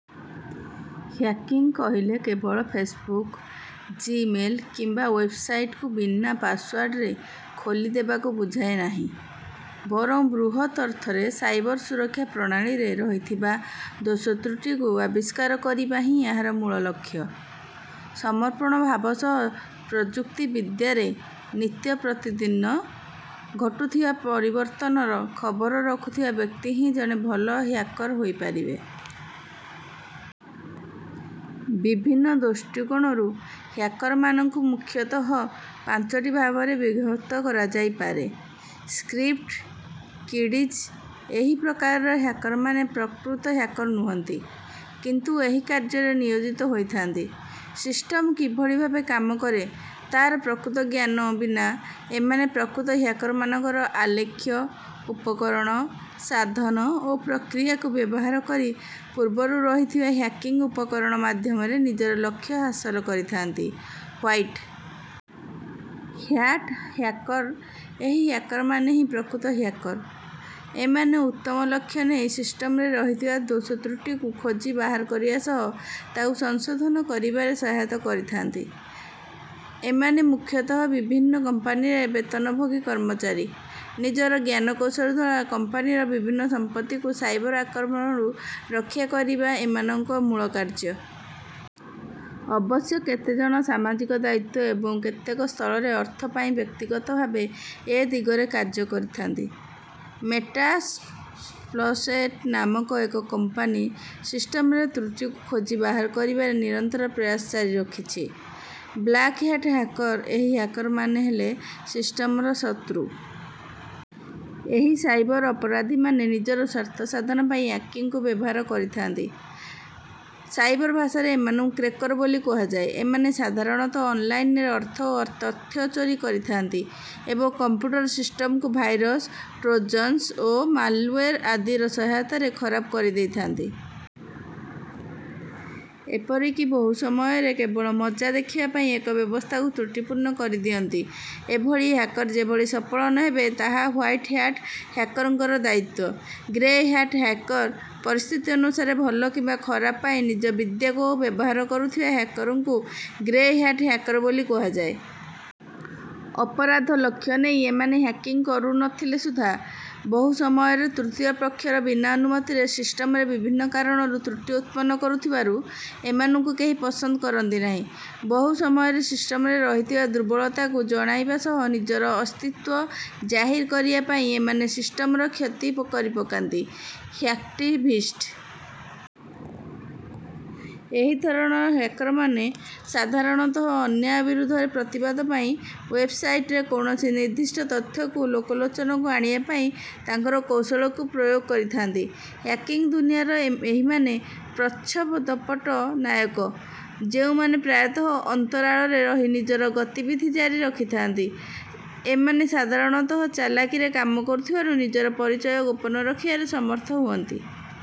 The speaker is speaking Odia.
ହ୍ୟାକିଂ କହିଲେ କେବଳ ଫେସବୁକ୍, ଜି-ମେଲ୍ କିମ୍ବା ୱେବସାଇଟ୍‌କୁ ବିନା ପାସୱାର୍ଡରେ ଖୋଲିଦେବାକୁ ବୁଝାଏ ନାହିଁ, ବରଂ ବୃହତ୍ ଅର୍ଥରେ ସାଇବର ସୁରକ୍ଷା ପ୍ରଣାଳୀରେ ରହିଥିବା ଦୋଷତ୍ରୁଟିକୁ ଆବିଷ୍କାର କରିବା ହିଁ ଏହାର ମୂଳ ଲକ୍ଷ୍ୟ। ସମର୍ପଣ ଭାବ ସହ ପ୍ରଯୁକ୍ତିବିଦ୍ୟାରେ ନିତ୍ୟପ୍ରତିଦିନ ଘଟୁଥିବା ପରିବର୍ତ୍ତନର ଖବର ରଖୁଥିବା ବ୍ୟକ୍ତି ହିଁ ଜଣେ ଭଲ ହ୍ୟାକର ହୋଇପାରିବେ। ବିଭିନ୍ନ ଦୃଷ୍ଟିକୋଣରୁ ହ୍ୟାକରମାନଙ୍କୁ ମୁଖ୍ୟତଃ ପାଞ୍ଚଟି ଭାଗରେ ବିଭକ୍ତ କରାଯାଇପାରେ। ସ୍କ୍ରିପ୍ଟ କିଡିଜ୍ ଏହି ପ୍ରକାରର ହ୍ୟାକରମାନେ ପ୍ରକୃତ ହ୍ୟାକର ନୁହନ୍ତି, କିନ୍ତୁ ଏହି କାର୍ଯ୍ୟରେ ନିୟୋଜିତ ହୋଇଥାନ୍ତି। ସିଷ୍ଟମ୍ କିଭଳି ଭାବେ କାମ କରେ, ତା'ର ପ୍ରକୃତ ଜ୍ଞାନ ବିନା ଏମାନେ ପ୍ରକୃତ ହ୍ୟାକରମାନଙ୍କର ଆଲେଖ୍ୟ, ଉପକରଣ, ସାଧନ ଓ ପ୍ରକ୍ରିୟାକୁ ବ୍ୟବହାର କରି ପୂର୍ବରୁ ରହିଥିବା ହ୍ୟାକିଂ ଉପକରଣ ମାଧ୍ୟମରେ ନିଜର ଲକ୍ଷ୍ୟ ହାସଲ କରିଥାନ୍ତି। ହ୍ୱାଇଟ୍ ହ୍ୟାଟ୍ ହ୍ୟାକର ଏହି ହ୍ୟାକରମାନେ ହିଁ ପ୍ରକୃତ ହ୍ୟାକର। ଏମାନେ ଉତ୍ତମ ଲକ୍ଷ୍ୟ ନେଇ ସିଷ୍ଟମରେ ରହିଥିବା ଦୋଷତ୍ରୁଟିକୁ ଖୋଜି ବାହାର କରିବା ସହ ତାକୁ ସଂଶୋଧନ କରିବାରେ ସହାୟତା କରିଥାନ୍ତି। ଏମାନେ ମୁଖ୍ୟତଃ ବିଭିନ୍ନ କମ୍ପାନୀର ବେତନଭୋଗୀ କର୍ମଚାରୀ। ନିଜର ଜ୍ଞାନକୌଶଳ ଦ୍ୱାରା କମ୍ପାନୀର ବିଭିନ୍ନ ସମ୍ପତ୍ତିକୁ ସାଇବର ଆକ୍ରମଣରୁ ରକ୍ଷା କରିବା ଏମାନଙ୍କ ମୂଳ କାର୍ଯ୍ୟ। ଅବଶ୍ୟ କେତେଜଣ ସାମାଜିକ ଦାୟିତ୍ୱ ଏବଂ କେତେକ ସ୍ଥଳରେ ଅର୍ଥ ପାଇଁ ବ୍ୟକ୍ତିଗତ ଭାବେ ଏ ଦିଗରେ କାର୍ଯ୍ୟ କରିଥାନ୍ତି। ମେଟାସ୍ପ୍ଲଏଟ୍ ନାମକ ଏକ କମ୍ପାନୀ ସିଷ୍ଟମରେ ତ୍ରୁଟିକୁ ଖୋଜି ବାହାର କରିବାରେ ନିରନ୍ତର ପ୍ରୟାସ ଜାରି ରଖିଛି। ବ୍ଲାକ୍ ହ୍ୟାଟ୍ ହ୍ୟାକର ଏହି ହ୍ୟାକରମାନେ ହେଲେ ସିଷ୍ଟମର ଶତ୍ରୁ। ଏହି ସାଇବର ଅପରାଧୀମାନେ ନିଜର ସ୍ୱାର୍ଥ ସାଧନ ପାଇଁ ହ୍ୟାକିଂକୁ ବ୍ୟବହାର କରିଥାନ୍ତି। ସାଇବର ଭାଷାରେ ଏମାନଙ୍କୁ କ୍ରେକର ବୋଲି କୁହାଯାଏ। ଏମାନେ ସାଧାରଣତଃ ଅନଲାଇନରେ ଅର୍ଥ ଓ ତଥ୍ୟ ଚୋରି କରିଥାନ୍ତି ଏବଂ କମ୍ପୁଟର ସିଷ୍ଟମକୁ ଭାଇରସ୍, ଟ୍ରୋଜନ୍ସ ଓ ମାଲୱେର୍ ଆଦିର ସହାୟତାରେ ଖରାପ କରିଦେଇଥାନ୍ତି। ଏପରିକି ବହୁ ସମୟରେ କେବଳ ମଜା ଦେଖିବା ପାଇଁ ଏକ ବ୍ୟବସ୍ଥାକୁ ତ୍ରୁଟିପୂର୍ଣ୍ଣ କରିଦିଅନ୍ତି। ଏଭଳି ହ୍ୟାକର ଯେଭଳି ସଫଳ ନ ହେବେ, ତାହା ହ୍ୱାଇଟ୍ ହ୍ୟାଟ୍ ହ୍ୟାକରଙ୍କ ଦାୟିତ୍ୱ। ଗ୍ରେ ହ୍ୟାଟ୍ ହ୍ୟାକର ପରିସ୍ଥିତି ଅନୁସାରେ ଭଲ କିମ୍ବା ଖରାପ ପାଇଁ ନିଜ ବିଦ୍ୟାକୁ ବ୍ୟବହାର କରୁଥିବା ହ୍ୟାକରଙ୍କୁ ଗ୍ରେ ହ୍ୟାଟ୍ ହ୍ୟାକର ବୋଲି କୁହାଯାଏ। ଅପରାଧ ଲକ୍ଷ୍ୟ ନେଇ ଏମାନେ ହ୍ୟାକିଂ କରୁ ନ ଥିଲେ ସୁଦ୍ଧା, ବହୁ ସମୟରେ ତୃତୀୟ ପକ୍ଷର ବିନା ଅନୁମତିରେ ସିଷ୍ଟମରେ ବିଭିନ୍ନ କାରଣରୁ ତ୍ରୁଟି ଉତ୍ପନ୍ନ କରୁଥିବାରୁ ଏମାନଙ୍କୁ କେହି ପସନ୍ଦ କରନ୍ତି ନାହିଁ। ବହୁ ସମୟରେ ସିଷ୍ଟମରେ ରହିଥିବା ଦୁର୍ବଳତାକୁ ଜଣାଇବା ସହ ନିଜର ଅସ୍ତିତ୍ୱ ଜାହିର କରିବା ପାଇଁ ଏମାନେ ସିଷ୍ଟମର କ୍ଷତି କରିପକାନ୍ତି। ହ୍ୟାକ୍ଟିଭିଷ୍ଟ ଏହି ଧରଣର ହ୍ୟାକରମାନେ ସାଧାରଣତଃ ଅନ୍ୟାୟ ବିରୋଧରେ ପ୍ରତିବାଦ ପାଇଁ ୱେବସାଇଟରେ କୌଣସି ନିର୍ଦ୍ଦିଷ୍ଟ ତଥ୍ୟକୁ ଲୋକଲୋଚନକୁ ଆଣିବା ପାଇଁ ତାଙ୍କର କୌଶଳକୁ ପ୍ରୟୋଗ କରିଥାନ୍ତି। ହ୍ୟାକିଂ ଦୁନିଆର ଏହିମାନେ ପ୍ରଚ୍ଛଦପଟ୍ଟ ନାୟକ, ଯେଉଁମାନେ ପ୍ରାୟତଃ ଅନ୍ତରାଳରେ ରହି ନିଜର ଗତିବିଧି ଜାରି ରଖିଥାନ୍ତି। ଏମାନେ ସାଧାରଣତଃ ଚାଲାକିରେ କାମ କରୁଥିବାରୁ ନିଜର ପରିଚୟ ଗୋପନ ରଖିବାରେ ସମର୍ଥ ହୁଅନ୍ତି।